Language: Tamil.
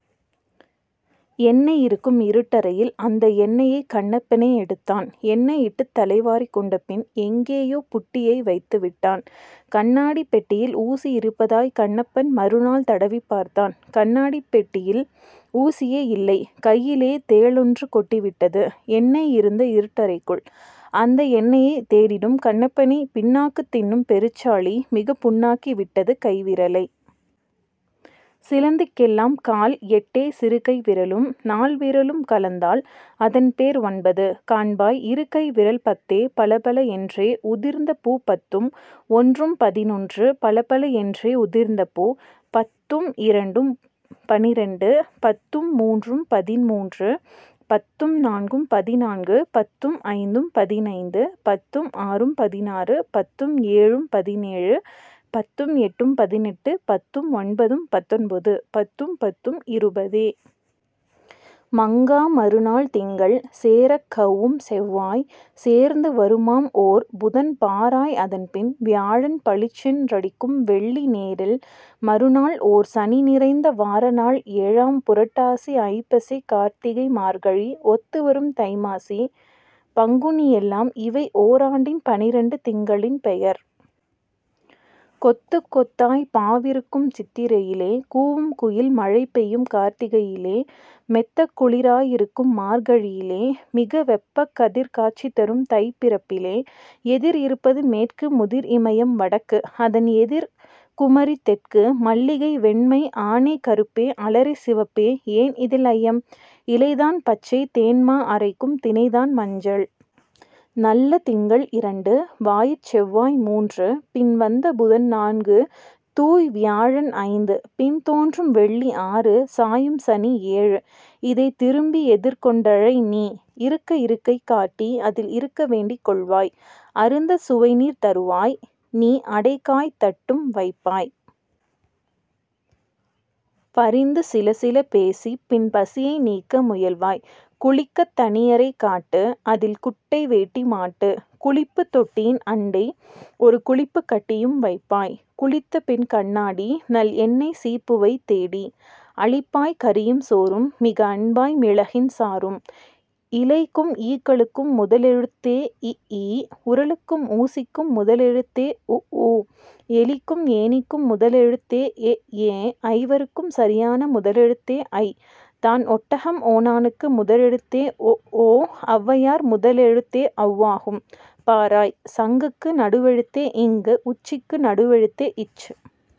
எண்ணெய் இருக்கும் இருட்டறையில்-அந்த எண்ணெயைக் கண்ணப்பனே எடுத்தான்; எண்ணெய் இட்டுத் தலைவாரிக் கொண்டபின் எங்கேயோ புட்டியை வைத்துவிட்டான். கண்ணாடிப் பெட்டியில் ஊசி இருப்பதாய்க் கண்ணப்பன் மறுநாள் தடவிப் பார்த்தான்; கண்ணாடிப் பெட்டியில் ஊசியே இல்லை கையிலே தேளொன்று கொட்டிவிட்டது! எண்ணெய் இருந்த இருட்டறைக்குள்-அந்த எண்ணெயைத் தேடிடும் கண்ணப்பனைப் பிண்ணாக்குத் தின்னும் பெருச்சாளி-மிகப் புண்ணாக்கி விட்டது கைவிரலை! சிலந்திக் கெல்லாம் கால் எட்டே சிறுகை விரலும் நால் விரலும் கலந்தால் அதன்பேர் ஒன்பது காண்பாய் இருகை விரல் பத்தே பலபல என்றே உதிர்ந்த பூ பத்தும் ஒன்றும் பதினொன்று பலபல என்றே உதிர்ந்த பூ பத்தும் இரண்டும் பனிரண்டு. பத்தும் மூன்றும் பதின்மூன்று பத்தும் நான்கும் பதினான்கு பத்தும் ஐந்தும் பதினைந்து பத்தும் ஆறும் பதினாறு பத்தும் ஏழும் பதினேழு பத்தும் எட்டும் பதினெட்டு பத்தும் ஒன்பதும் பத்தொன்பது பத்தும் பத்தும் இருபதே. மங்கா மறுநாள் திங்கள் சேரக் கௌவும் செவ்வாய் சேர்ந்து வருமாம் ஓர் புதன் பாராய் அதன்பின் வியாழன் பளிச்சென் றடிக்கும் வெள்ளி நேரில் மறுநாள் ஓர்சனி நிறைந்த வார நாள் ஏழாம். புரட்டாசி ஐப்பசிகார்த் திகைமார்கழி ஒத்துவரும் தைமாசி பங்குனிஎல்லாம்-இவை ஓராண்டின் பனிரண்டு திங்களின் பெயர். கொத்துக் கொத்தாய்ப் பாவிருக்கும் சித்திரையிலே கூவும்குயில் மழை பெய்யும் கார்த்திகையிலே மெத்தக்குளி ராயிருக்கும் மார்கழியிலே-மிக வெப்பக்கதிர் காட்சிதரும் தைப்பிறப்பிலே. எதிர் இருப்பது மேற்கு முதிர் இமையம் வடக்கு-அதன் எதிர் குமரி தெற்கு. மல்லிகை வெண்மை ஆனை கறுப்பே அலரி சிவப்பே ஏன் இதில் ஐயம்? இலைதான் பச்சை தேன்மா அரைக்கும் தினைதான் மஞ்சள். நல்ல திங்கள் இரண்டு வாயிற் செவ்வாய் மூன்று-பின் வந்த புதன் நான்கு தூய்வி யாழன் ஐந்து-பின் தோன்றும் வெள்ளி ஆறு சாயும்சனி ஏழு-இதைத் விரும்பி எதிர் கொண் டழைநீ. இருக்க இருக்கை காட்டி-அதில் இருக்க வேண்டிக் கொள்வாய். அருந்தச் சுவைநீர் தருவாய்-நீ அடைகாய்த் தட்டும் வைப்பாய். பரிந்து சிலசில பேசிப்-பின் பசியை நீக்க முயல்வாய். குளிக்கத் தனியறை காட்டு-அதில் குட்டை வேட்டி மாட்டு. குளிப்புத் தொட்டியின் அண்டை-ஒரு குளிப்புக் கட்டியும் வைப்பாய். குளித்த பின்கண்ணாடி-நல் எண்ணெய் சீப்புவை தேடி. அளிப்பாய் கறியும் சோறும்-மிக அன்பாய் மிளகின் சாறும். இலைக்கும் ஈக்களுக்கும் முதலெழுத்தே இ ஈ உரலுக்கும் ஊசிக்கும் முதலெழுத்தே உ ஊ எலிக்கும் ஏணிக்கும் முதலெழுத்தே எ ஏ ஐவருக்குச் சரியான முதலெழுத்தே ஐ தான் ஒட்டகம் ஓணானுக்கு முதலெழுத்தே ஒ ஓ ஒளவையார் முதலெழுத்தே ஒளவாகும் பாராய். சங்குக்கு நடுவெழுத்தே ங் உச்சிக்கு நடுவெழுத்தே ச்